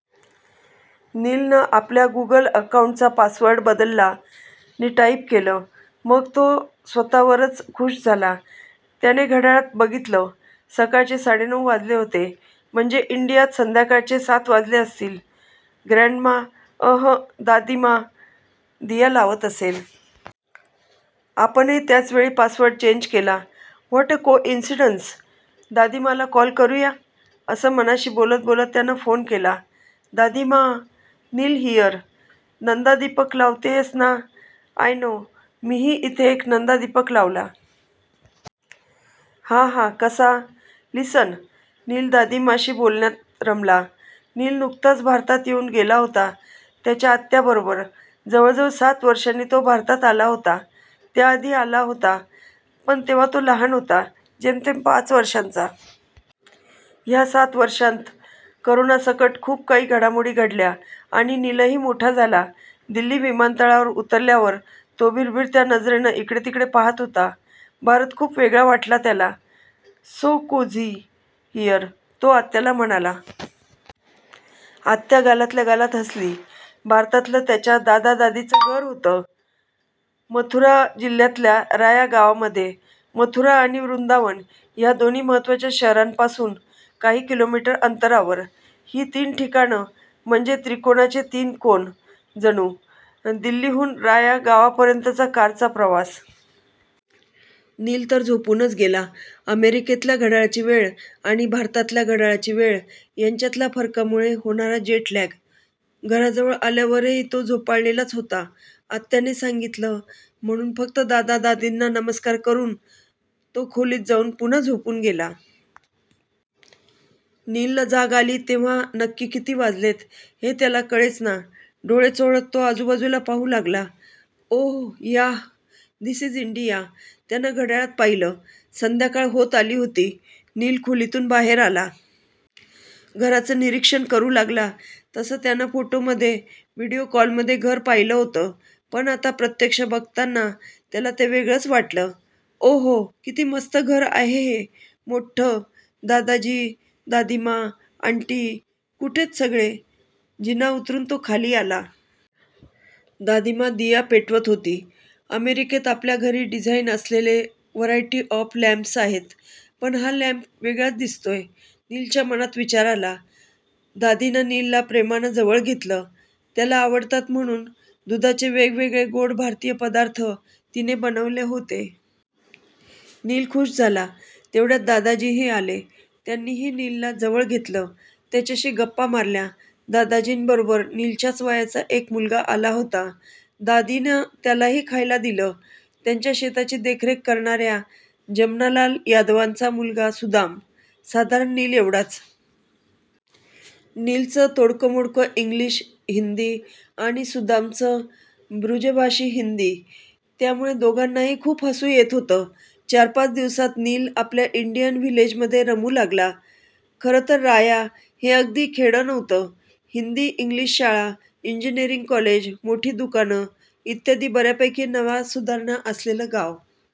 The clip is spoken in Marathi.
नीलनं आपल्या गूगल अकाउन्टचा पासवर्ड बदलला नि टाइप केलं,. मग तो स्वतःवरच खूश झाला. त्याने घड्याळात बघितलं, सकाळचे साडेनऊ वाजले होते. 'म्हणजे इंडियात संध्याकाळचे सात वाजले असतील. ग्रँडमा... अहं... दादीमा दिया लावत असेल. आपणही त्याचवेळी पासवर्ड चेंज केला. What a coincidence! दादीमाला कॉल करू या. ' असं मनाशी बोलत बोलत त्यानं फोन केला. "दादीमाऽऽ... नील हियर. नंदादीपक लावतेयस ना? I know. मीही इथे एक नंदादीपक लावला. हा हा... कसा? लिसन... " नील दादीमाशी बोलण्यात रमला. नील नुकताच भारतात येऊन गेला होता. त्याच्या आत्याबरोबर. जवळजवळ सात वर्षांनी तो भारतात आला होता. त्याआधी आला होता, पण तेव्हा तो लहान होता. जेमतेम पाच वर्षांचा. ह्या सात वर्षांत करोनासकट खूप काही घडामोडी घडल्या आणि नीलही मोठा झाला. दिल्ली विमानतळावर उतरल्यावर तो भिरभिरत्या नजरेनं इकडेतिकडे पाहात होता. भारत खूप वेगळा वाटला त्याला. "So cozy here. " तो आत्याला म्हणाला. आत्या गालातल्या गालात हसली. भारतातलं त्याच्या दादा-दादीचं घर होतं मथुरा जिल्ह्यातल्या राया गावामध्ये. मथुरा आणि वृंदावन ह्या दोन्ही महत्त्वाच्या शहरांपासून काही किलोमीटर अंतरावर. ही तीन ठिकाणं म्हणजे त्रिकोणाचे तीन कोन जणू. दिल्लीहून राया गावापर्यंतचा कारचा प्रवास. नील तर झोपूनच गेला. अमेरिकेतल्या घड्याळाची वेळ आणि भारतातल्या घड्याळाची वेळ, ह्यांच्यातल्या फरकामुळे होणारा जेटलॅग. घराजवळ आल्यावरही तो झोपाळलेलाच होता. आत्याने सांगितलं, म्हणून फक्त दादा-दादींना नमस्कार करून तो खोलीत जाऊन पुन्हा झोपून गेला. नीलला जाग आली तेव्हा नक्की किती वाजलेत, हे त्याला कळेचना. डोळे चोळत तो आजूबाजूला पाहू लागला. 'Oh yeah... this is India. ' त्यानं घड्याळात पाहिलं. संध्याकाळ होत आली होती. नील खोलीतून बाहेर आला. घराचं निरीक्षण करू लागला. तसं त्यानं फोटोमध्ये, व्हिडिओ कॉलमध्ये घर पाहिलं होतं. पण आता प्रत्यक्ष बघताना त्याला ते वेगळंच वाटलं. 'ओहो... किती मस्त घर आहे हे. मोठ्ठं. दादाजी, दादीमा, आन्टी? कुठेत सगळे? ' जिना उतरून तो खाली आला. दादीमा दिया पेटवत होती. 'अमेरिकेत आपल्या घरी डिझाइन असलेले व्हरायटी ऑफ लॅम्प्स आहेत, पण हा लॅम्प वेगळाच दिसतोय. ' नीलच्या मनात विचार आला. दादीनं नीलला प्रेमानं जवळ घेतलं. त्याला आवडतात म्हणून दुधाचे वेगवेगळे गोड भारतीय पदार्थ तिनं बनवले होते. नील खूश झाला. तेवढ्यात दादाजीही आले. त्यांनीही नीलला जवळ घेतलं. त्याच्याशी गप्पा मारल्या. दादाजींबरोबर नीलच्याच वयाचा एक मुलगा आला होता. दादीनं त्यालाही खायला दिलं. त्यांच्या शेताची देखरेख करणा-या जमनालाल यादवांचा मुलग सुदाम. साधारण नीलएवढाच. नीलचं तोडकंमोडकं इंग्लिश-हिन्दी आणि सुदामचं बृजभाषी हिन्दी, त्यामुळे दोघांनाही खूप हसू येत होतं. चार-पाच दिवसांत नील आपल्या इंडियन व्हिलेजमध्ये रमू लागला. खरंतर राया हे अगदी खेडं नव्हतं. हिन्दी-इंग्लिश शाळा, इंजिनियरिंग कॉलेज, मोठी दुकानं इत्यादी ब-यापैकी नव्या सुधारणा असलेलं गाव.